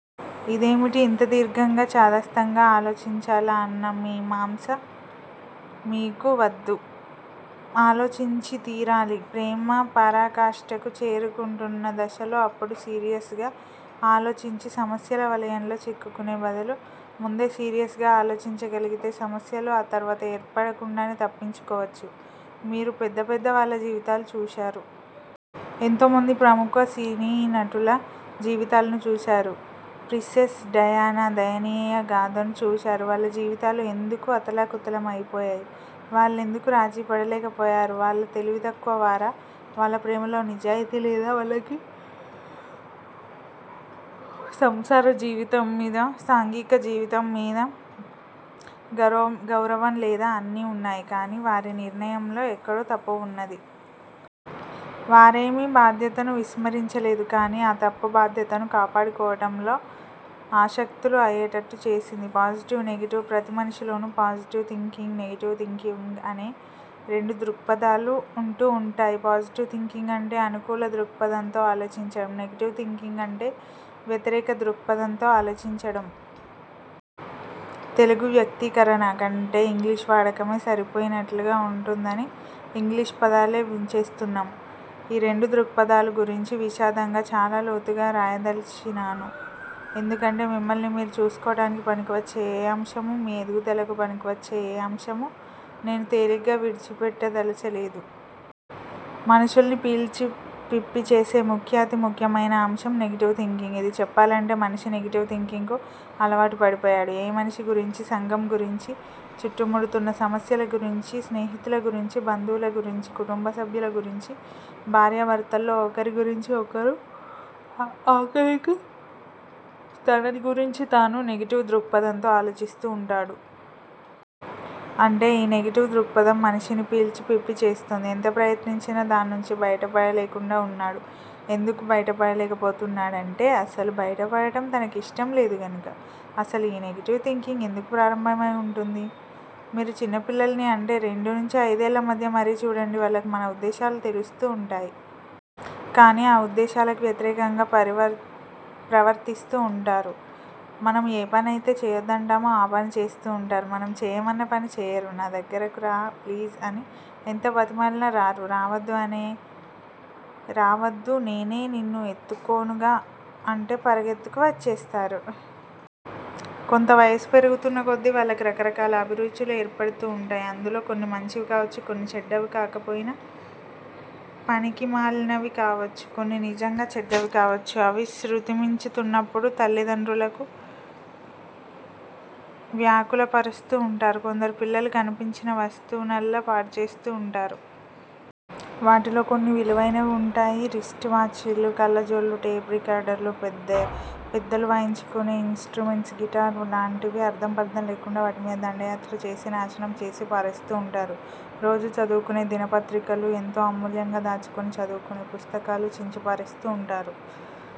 ఇదేమిటి ఇంత దీర్ఘంగా, చాదస్తంగా ఆలోచించాలా అన్న మీమాంస మీకు వద్దు ఆలోచించితీరాలి! ప్రేమ పరాకాష్ఠకు చేరుకుంటున్న దశలో, అప్పుడు సీరియస్ గా ఆలోచించి సమస్యల వలయంలో చిక్కుకునే బదులు ముందే సీరియస్ గా ఆలోచించగలిగితే సమస్యలు ఆ తర్వాత ఏర్పడకుండానే తప్పించుకోవచ్చు. మీరు పెద్ద పెద్ద వాళ్ళ జీవితాలు చూశారు. ఎంతోమంది ప్రముఖ సినీనటుల జీవితాలను చూశారు. ప్రిసేస్ డయానా దయనీయగాథను చూశారు. వాళ్ళ జీవితాలు ఎందుకు అతలాకుతలమైపోయాయి? వాళ్ళెందుకు రాజీపడలేకపోయారు? వాళ్ళు తెలివితక్కువ వారా? వాళ్ళ ప్రేమలో నిజాయితీ లేదా? వాళ్ళకి సంసార జీవితమ్మీదా, సాంఘిక జీవితంమీదా గౌరవం లేదా? అన్నీ వున్నాయి. కాని వారి నిర్ణయంలో ఎక్కడో తప్పు వున్నది. వారేమీ బాధ్యతను విస్మరించలేదు. కాని ఆ తప్పు బాధ్యతను కాపాడుకోవటంలో అశక్తులు అయ్యేటట్లు చేసింది. పాజిటివ్, నెగెటివ్ ప్రతిమనిషిలోనూ పాజిటివ్ థింకింగ్, నెగెటివ్ థింకింగ్ అనే రెండు దృక్పథాలు వుంటూ వుంటాయి. పాజిటివ్ థింకింగ్ అంటే అనుకూల దృక్పథంతో ఆలోచించటం. నెగెటివ్ థింకింగ్ అంటే వ్యతిరేక దృక్పథంతో ఆలోచించటం. తెలుగు వ్యక్తీకరణ కంటే ఇంగ్లీషు వాడకమే సరిపోయినట్లుగా వుంటుందని ఇంగ్లీషు పదాలే వుంచేస్తున్నాను. ఈ రెండు దృక్పథాలు గురించీ విశదంగా, చాలా లోతుగా రాయదలిచాను. ఎందుకంటే మిమ్మల్ని మీరు చూసుకోవటానికి పనికివచ్చే ఏ అంశమూ, మీ ఎదుగుదలకు పనికివచ్చే ఏ అంశమూ నేను తేలిగ్గా విడిచిపెట్టదలచలేదు. మనుషుల్ని పీల్చి పిప్పి చేసే ముఖ్యాతి ముఖ్యమైన అంశం నెగెటివ్ థింకింగ్. ఇది చెప్పాలంటే మనిషి నెగెటివ్ థింకింగ్ కు అలవాటు పడిపోయాడు. ఏ మనిషి గురించీ సంఘం గురించీ చుట్టుముడుతున్న సమస్యలగురించీ, స్నేహితుల గురించీ, బంధువుల గురించీ, కుటుంబసభ్యుల గురించీ, భార్యాభర్తల్లో ఒకరి గురించి ఒకరూ, ఆఖరికి తనని గురించి తానూ నెగెటివ్ దృక్పథంతో ఆలోచిస్తూ వుంటాడు. అంటే ఈ నెగెటివ్ దృక్పథం మనిషిని పీల్చి పిప్పి చేస్తోంది. ఎంత ప్రయత్నించినా దాన్నుంచి బయట పడలేకుండా వున్నాడు. ఎందుకు బయట పడలేకపోతున్నాడంటే-అసలు బయటపడటం తనకిష్టంలేదు గనుక. అసలు ఈ నెగెటివ్ థింకింగ్ ఎందుకు ప్రారంభమై వుంటుంది? మీరు చిన్నపిల్లల్ని అంటే రెండునుంచి అయిదేళ్ళ మధ్య మరీ చూడండి వాళ్ళకి మన ఉద్దేశాలు తెలుస్తూ వుంటాయి. కాని ఆ ఉద్దేశాలకు వ్యతిరేకంగా ప్రవర్తిస్తూ వుంటారు. మనం ఏ పనైతే చేయొద్దంటామో ఆ పని చేస్తూ వుంటారు. మనం చేయమన్న పని చేయరు. నా దగ్గరకు రా, ప్లీజ్! అని ఎంత బతిమిలాడినా రారు. రావద్దు, నేను నిన్ను ఎత్తుకోనుగా? అంటే పరిగెత్తుకు వచ్చేస్తారు. కొంత వయసు పెరుగుతున్నకొద్దీ వాళ్ళకు రకరకాల అభిరుచులు ఏర్పడుతూ వుంటాయి. అందులో కొన్ని మంచివి కావచ్చు. కొన్ని చెడ్డవి కాకపోయినా పనికి మాలినవి కావచ్చు. కొన్ని నిజంగా చెడ్డవి కావచ్చు. అవి శ్రుతిమించుతున్నప్పుడు తల్లిదండ్రులను వ్యాకులపరుస్తూ వుంటారు. కొందరు పిల్లలు కనిపించిన వస్తువునల్లా పాడుచేస్తూ వుంటారు. వాటిలో కొన్ని విలువైనవి కూడా వుంటాయి. రిస్ట్ వాచీలు, కళ్ళజోళ్ళు, టేప్ రికార్డర్ లు, పెద్దలు వాయించుకునే ఇన్ స్ట్రుమెంట్స్, గిటార్ లాంటివి అర్ధంపర్ధం లేకుండా వాటిమీద దండయాత్ర చేసి నాశనం చేసి పారేస్తూ ఉంటారు. రోజూ చదువుకునే దినపత్రికలూ, ఎంతో అమూల్యంగా దాచుకుని చదువుకునే పుస్తకాలూ చించిపారేస్తూ వుంటారు.